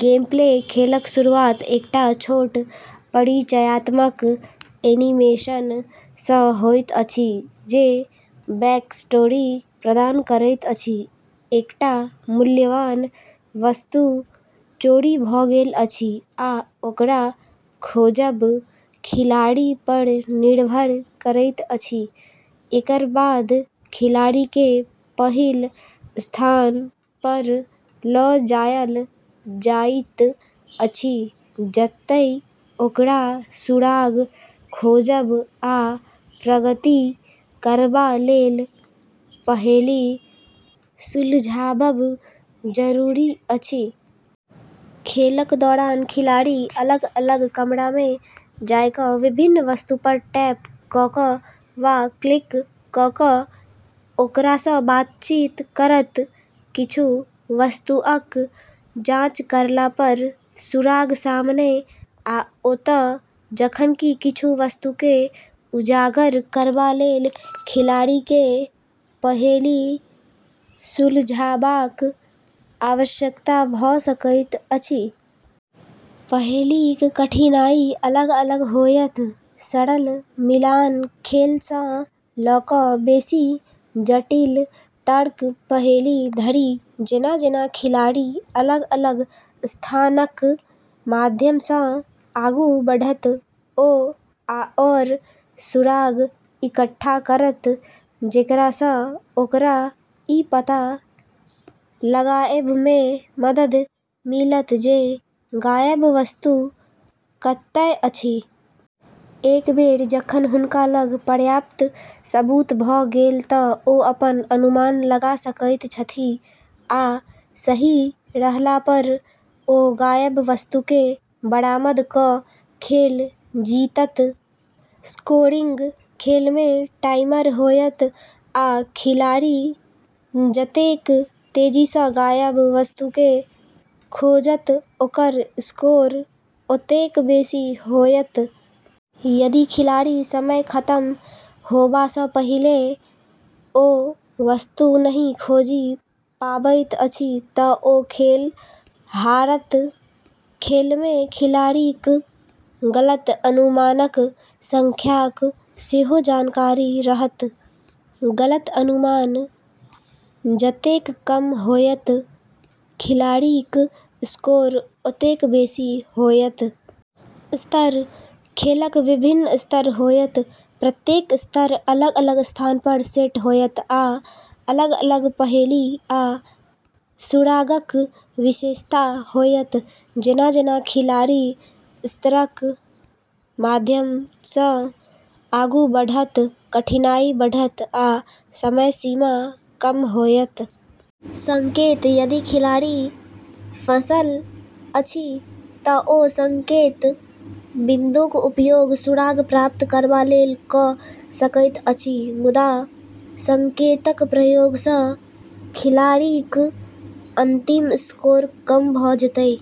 Gameplay: खेलक शुरुआत एकटा छोट परिचयात्मक एनीमेशन सँ होइत अछि जे बैकस्टोरी प्रदान करैत अछि: एकटा मूल्यवान वस्तु चोरी भ’ गेल अछि, आ ओकरा खोजब खिलाड़ी पर निर्भर करैत अछि। एकर बाद खिलाड़ीकेँ पहिल स्थान पर ल’ जायल जाइत अछि, जतए ओकरा सुराग खोजब आ प्रगति करबा लेल पहेली सुलझाबब जरूरी अछि। खेलक दौरान खिलाड़ी अलग-अलग कमरामे जाय क’ विभिन्न वस्तु पर टैप क’ क’ वा क्लिक क’ क’ ओकरा सँ बातचीत करत। किछु वस्तुअक जांच करला पर सुराग सामने आओत, जखन कि किछु वस्तुकेँ उजागर करबा लेल खिलाड़ीकेँ पहेली सुलझाबाक आवश्यकता भ’ सकैत अछि। पहेलीक कठिनाई अलग-अलग होयत, सरल मिलान खेल सँ ल’ क’ बेसी जटिल तर्क पहेली धरि। जेना-जेना खिलाड़ी अलग-अलग स्थानक माध्यम सँ आगू बढ़त, ओ आओर सुराग इकट्ठा करत जेकरा सँ ओकरा ई पता लगाएबमे मदद मिलत जे गायब वस्तु कतए अछि। एक बेर जखन हुनका लग पर्याप्त सबूत भ’ गेल तँ ओ अपन अनुमान लगा सकैत छथि आ सही रहला पर ओ गायब वस्तुकेँ बरामद क’ खेल जीतत। स्कोरिंग: खेलमे टाइमर होयत, आ खिलाड़ी जतेक तेजी सँ गायब वस्तुकेँ खोजत, ओकर स्कोर ओतेक बेसी होयत। यदि खिलाड़ी समय खतम होबा सँ पहिले ओ वस्तु नहि खोजि पाबैत अछि तँ ओ खेल हारत। खेलमे खिलाड़ीक गलत अनुमानक संख्याक सेहो जानकारी रहत; गलत अनुमान जतेक कम होयत, खिलाड़ीक स्कोर ओतेक बेसी होयत। स्तर: खेलक विभिन्न स्तर होयत प्रत्येक स्तर अलग-अलग स्थान पर सेट होयत आ अलग-अलग पहेली आ सुरागक विशेषता होयत। जेना-जेना खिलाड़ी स्तरक माध्यम सँ आगू बढ़त, कठिनाई बढ़त, आ समय सीमा कम होयत। संकेत: यदि खिलाड़ी फंसल अछि तँ ओ संकेत बिन्दुक उपयोग सुराग प्राप्त करबा लेल क’ सकैत अछि। मुदा संकेतक प्रयोग सँ खिलाड़ीक अंतिम स्कोर कम भ’ जेतै।